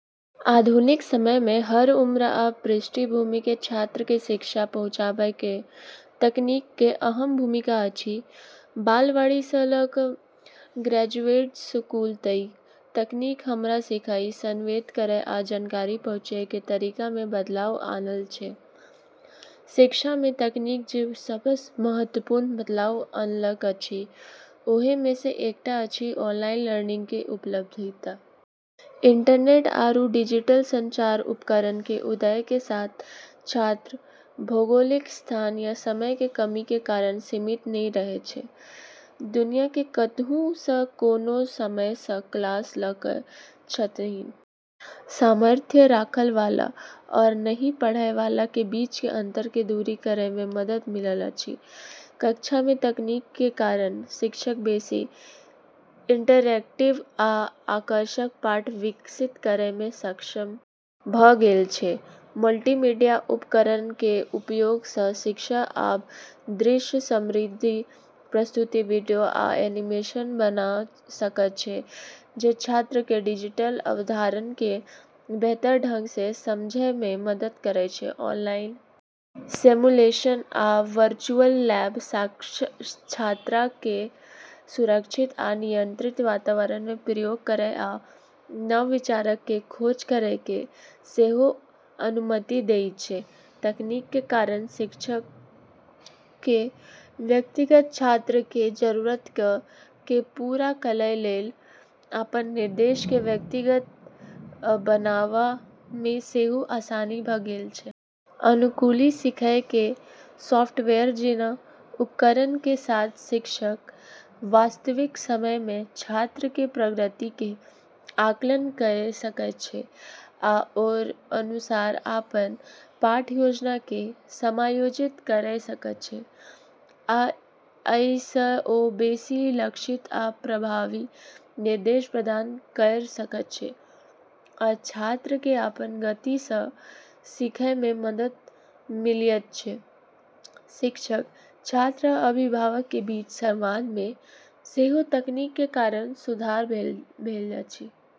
आधुनिक समय मे हर उम्र आ पृष्ठभूमि के छात्र के शिक्षा पहुंचाबय मे तकनीक के अहम भूमिका अछि, बालवाड़ी सं ल क ग्रेजुएट स्कूल तइक, तकनीक हमरा सीखय, संवाद करय आ जानकारी पहुंचय कें तरीका मे बदलाव आनलक छै, शिक्षा मे तकनीक जे सबस महत्वपूर्ण बदलाव अनलक अछि ओहि मे स एकटा अछि ऑनलाइन लर्निंग क उपलब्धता। इंटरनेट आरू डिजिटल संचार उपकरण के उदय के साथ छात्र भौगोलिक स्थान या समय के कमी के कारण सीमित नै रहे छै। दुनिया के कतहु सं कोनो समय सं क्लास ल सकय छथिन्ह सामर्थ्य राखय वाला आओर नहिं पढ़य वाला के बीच के अंतर के दूर करय में मदद मिलल अछि, कक्षा मे तकनीक कें कारण शिक्षक बेसि इंटरैक्टिव आ आकर्षक पाठ विकसित करय मे सक्षम भ गेल छै, मल्टीमीडिया उपकरणक कें उपयोग सं शिक्षक आब दृश्य-समृद्ध प्रस्तुति, वीडियो आ एनीमेशन बना सकय छै जे छात्रक कें जटिल अवधारणा कें बेहतर ढंग सं समझय मे मदद करय छै, ऑनलाइन सिमुलेशन आ वर्चुअल लैब छात्रक कें सुरक्षित आ नियंत्रित वातावरण मे प्रयोग करय आ नव विचारक कें खोज करय कें सेहो अनुमति देयत छै, तकनीक कें कारण शिक्षकक कें व्यक्तिगत छात्रक कें जरूरतक कें पूरा करय कें लेल अपन निर्देश कें व्यक्तिगत बनावा मे सेहो आसानी भ गेल छै. अनुकूली सीखय कें सॉफ्टवेयर जैना उपकरणक कें साथ शिक्षक वास्तविक समय मे छात्रक कें प्रगति कें आकलन कयर सकय छै आ ओकर अनुसार अपन पाठ योजना कें समायोजित कयर सकय छै. अइ सं ओ बेसि लक्षित आ प्रभावी निर्देश प्रदान कयर सकय छै आ छात्रक कें अपन गति सं सीखय मे मदद मिलयत छै, शिक्षक, छात्र आ अभिभावक के बीच संवाद में सेहो तकनीक के कारण सुधार भेल अछि।